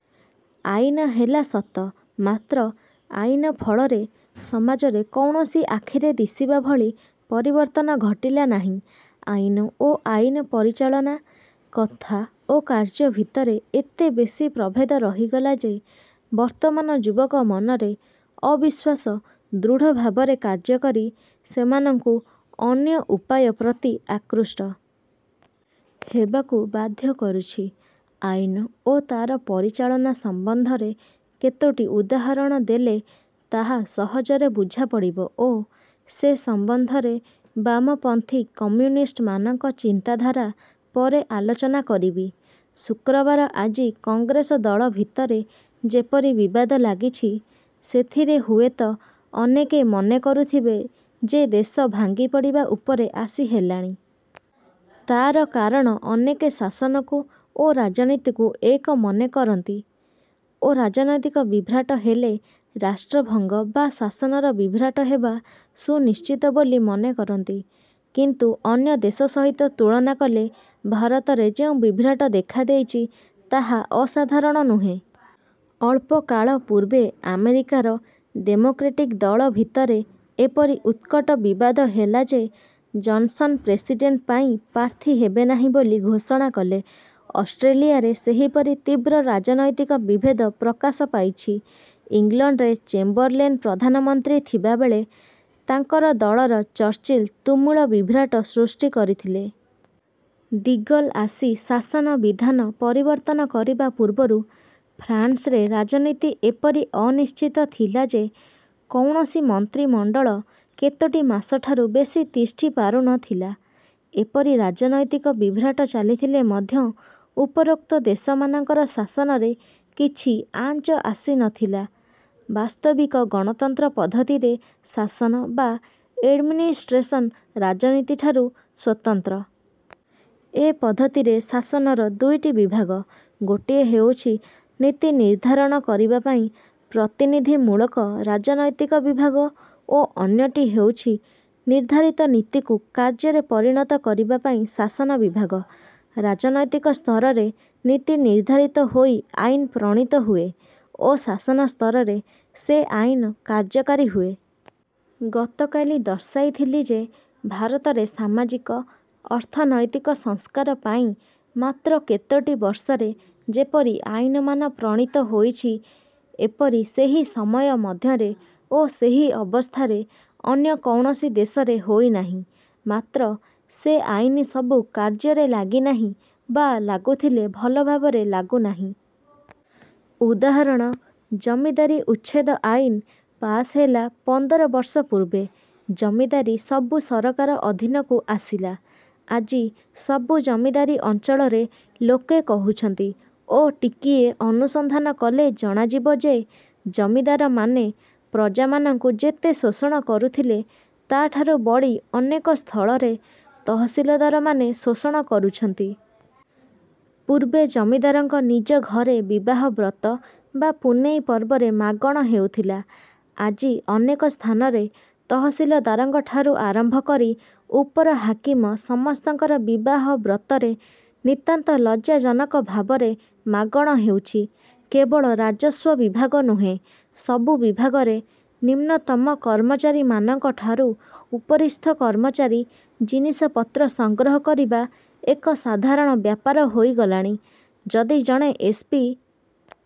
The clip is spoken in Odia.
ଆଇନ ହେଲା ସତ ମାତ୍ର ଆଇନ ଫଳରେ ସମାଜରେ କୌଣସି ଆଖିରେ ଦିଶିବା ଭଳି ପରିବର୍ତ୍ତନ ଘଟିଲା ନାହିଁ। ଆଇନ ଓ ଆଇନ ପରିଚାଳନା, କଥା ଓ କାର୍ଯ୍ୟ ଭିତରେ ଏତେ ବେଶି ପ୍ରଭେଦ ରହିଗଲା ଯେ ବର୍ତ୍ତମାନ ଯୁବକ ମନରେ ଅବିଶ୍ୱାସ ଦୃଢ଼ଭାବରେ କାର୍ଯ୍ୟକରି ସେମାନଙ୍କୁ ଅନ୍ୟ ଉପାୟ ପ୍ରତି ଆକୃଷ୍ଟ। ହେବାକୁ ବାଧ୍ୟ କରୁଛି। ଆଇନ ଓ ତା'ର ପରିଚାଳନା ସମ୍ବନ୍ଧରେ କେତୋଟି ଉଦାହରଣ ଦେଲେ ତାହା ସହଜରେ ବୁଝାପଡ଼ିବ ଓ ସେ ସମ୍ବନ୍ଧରେ ବାମପନ୍ଥୀ କମ୍ୟୁନିଷ୍ଟମାନଙ୍କ ଚିନ୍ତାଧାରା ପରେ ଆଲୋଚନା କରିବି। ଶୁକ୍ରବାର ଆଜି କଂଗ୍ରେସ ଦଳ ଭିତରେ ଯେପରି ବିବାଦ ଲାଗିଛି ସେଥିରେ ହୁଏତ ଅନେକେ ମନେ କରୁଥିବେ ଯେ ଦେଶ ଭାଙ୍ଗିପଡ଼ିବା ଉପରେ ଆସି ହେଲାଣି। ତା'ର କାରଣ ଅନେକେ ଶାସନକୁ ଓ ରାଜନୀତିକୁ ଏକ ମନେ କରନ୍ତି ଓ ରାଜନୈତିକ ବିଭ୍ରାଟ ହେଲେ, ରାଷ୍ଟ୍ରଭଙ୍ଗ ବା ଶାସନର ବିଭ୍ରାଟ ହେବା ସୁନିଶ୍ଚିତ ବୋଲି ମନେ କରନ୍ତି; କିନ୍ତୁ ଅନ୍ୟ ଦେଶ ସହିତ ତୁଳନା କଲେ ଭାରତରେ ଯେଉଁ ବିଭ୍ରାଟ ଦେଖାଦେଇଛି ତାହା ଅସାଧାରଣ ନୁହେଁ। ଅଳ୍ପକାଳ ପୂର୍ବେ ଆମେରିକାର ଡେମୋକ୍ରେଟିକ ଦଳ ଭିତରେ ଏପରି ଉତ୍କଟ ବିବାଦ ହେଲା ଯେ ଜନସନ୍ ପ୍ରେସିଡ଼େଣ୍ଟ ପାଇଁ ପ୍ରାର୍ଥୀ ହେବେନାହିଁ ବୋଲି ଘୋଷଣା କଲେ। ଅଷ୍ଟ୍ରେଲିୟାରେ ସେହିପରି ତୀବ୍ର ରାଜନୈତିକ ବିଭେଦ ପ୍ରକାଶ ପାଇଛି। ଇଂଲଣ୍ଡରେ ଚେମ୍ବରଲେନ ପ୍ରଧାନମନ୍ତ୍ରୀ ଥିବାବେଳେ ତାଙ୍କର ଦଳର ଚର୍ଚ୍ଚିଲ ତୁମୁଳ ବିଭ୍ରାଟ ସୃଷ୍ଟି କରିଥିଲେ। ଡିଗଲ ଆସି ଶାସନ ବିଧାନ ପରିବର୍ତ୍ତନ କରିବା ପୂର୍ବରୁ ଫ୍ରାନସରେ ରାଜନୀତି ଏପରି ଅନିଶ୍ଚିତ ଥିଲା ଯେ କୌଣସି ମନ୍ତ୍ରିମଣ୍ଡଳ କେତୋଟି ମାସଠାରୁ ବେଶି ତିଷ୍ଠି ପାରୁନଥିଲା। ଏପରି ରାଜନୈତିକ ବିଭ୍ରାଟ ଚାଲିଥିଲେ ମଧ୍ୟ ଉପରୋକ୍ତ ଦେଶମାନଙ୍କର ଶାସନରେ କିଛି ଆଞ୍ଚ ଆସିନଥିଲା। ବାସ୍ତବିକ ଗଣତନ୍ତ୍ର ପଦ୍ଧତିରେ ଶାସନ ବା ଏଡ଼ମିନିଷ୍ଟ୍ରେସନ ରାଜନୀତିଠାରୁ ସ୍ୱତନ୍ତ୍ର। ଏ ପଦ୍ଧତିରେ ଶାସନର ଦୁଇଟି ବିଭାଗ- ଗୋଟିଏ ହେଉଛି ନୀତି ନିର୍ଦ୍ଧାରଣ କରିବାପାଇଁ ପ୍ରତିନିଧିମୂଳକ ରାଜନୈତିକ ବିଭାଗ ଓ ଅନ୍ୟଟି ହେଉଛି ନିର୍ଦ୍ଧାରିତ ନୀତିକୁ କାର୍ଯ୍ୟରେ ପରିଣତ କରିବାପାଇଁ ଶାସନ ବିଭାଗ। ରାଜନୈତିକ ସ୍ତରରେ ନୀତି ନିର୍ଦ୍ଧାରିତ ହୋଇ ଆଇନ ପ୍ରଣୀତ ହୁଏ ଓ ଶାସନ ସ୍ତରରେ ସେ ଆଇନ କାର୍ଯ୍ୟକାରୀ ହୁଏ। ଗତକାଲି ଦର୍ଶାଇଥିଲି ଯେ ଭାରତରେ ସାମାଜିକ, ଅର୍ଥନୈତିକ ସଂସ୍କାର ପାଇଁ ମାତ୍ର କେତୋଟି ବର୍ଷରେ ଯେପରି ଆଇନମାନ ପ୍ରଣୀତ ହୋଇଛି, ଏପରି ସେହି ସମୟ ମଧ୍ୟରେ ଓ ସେହି ଅବସ୍ଥାରେ ଅନ୍ୟ କୌଣସି ଦେଶରେ ହୋଇନାହିଁ। ମାତ୍ର ସେ ଆଇନ ସବୁ କାର୍ଯ୍ୟରେ ଲାଗିନାହିଁ ବା ଲାଗୁଥିଲେ ଭଲଭାବରେ ଲାଗୁନାହିଁ। ଉଦାହରଣ- ଜମିଦାରୀ ଉଚ୍ଛେଦ ଆଇନ ପାସ ହେଲା ପନ୍ଦରବର୍ଷ ପୂର୍ବେ। ଜମିଦାରୀ ସବୁ ସରକାର ଅଧୀନକୁ ଆସିଲା। ଆଜି ସବୁ ଜମିଦାରୀ ଅଞ୍ଚଳରେ ଲୋକେ କହୁଛନ୍ତି ଓ ଟିକିଏ ଅନୁସନ୍ଧାନ କଲେ ଜଣାଯିବ ଯେ ଜମିଦାରମାନେ ପ୍ରଜାମାନଙ୍କୁ ଯେତେ ଶୋଷଣ କରୁଥିଲେ, ତା'ଠାରୁ ବଳି ଅନେକ ସ୍ଥଳରେ ତହସିଲଦାରମାନେ ଶୋଷଣ କରୁଛନ୍ତି। ପୂର୍ବେ ଜମିଦାରଙ୍କ ନିଜ ଘରେ ବିବାହ ବ୍ରତ ବା ପୁନେଇ ପର୍ବରେ ମାଗଣ ହେଉଥିଲା। ଆଜି ଅନେକ ସ୍ଥାନରେ ତହସିଲଦାରଙ୍କଠାରୁ ଆରମ୍ଭ କରି ଉପର ହାକିମ ସମସ୍ତଙ୍କର ବିବାହ ବ୍ରତରେ ନିତାନ୍ତ ଲଜ୍ଜାଜନକ ଭାବରେ ମାଗଣ ହେଉଛି। କେବଳ ରାଜସ୍ୱ ବିଭାଗ ନୁହେଁ, ସବୁ ବିଭାଗରେ ନିମ୍ନତନ କର୍ମଚାରୀମାନଙ୍କଠାରୁ ଉପରିସ୍ଥ କର୍ମଚାରୀ ଜିନିଷପତ୍ର ସଂଗ୍ରହ କରିବା ଏକ ସାଧାରଣ ବ୍ୟାପାର ହୋଇଗଲାଣି। ଯଦି ଜଣେ ଏସ୍. ପି.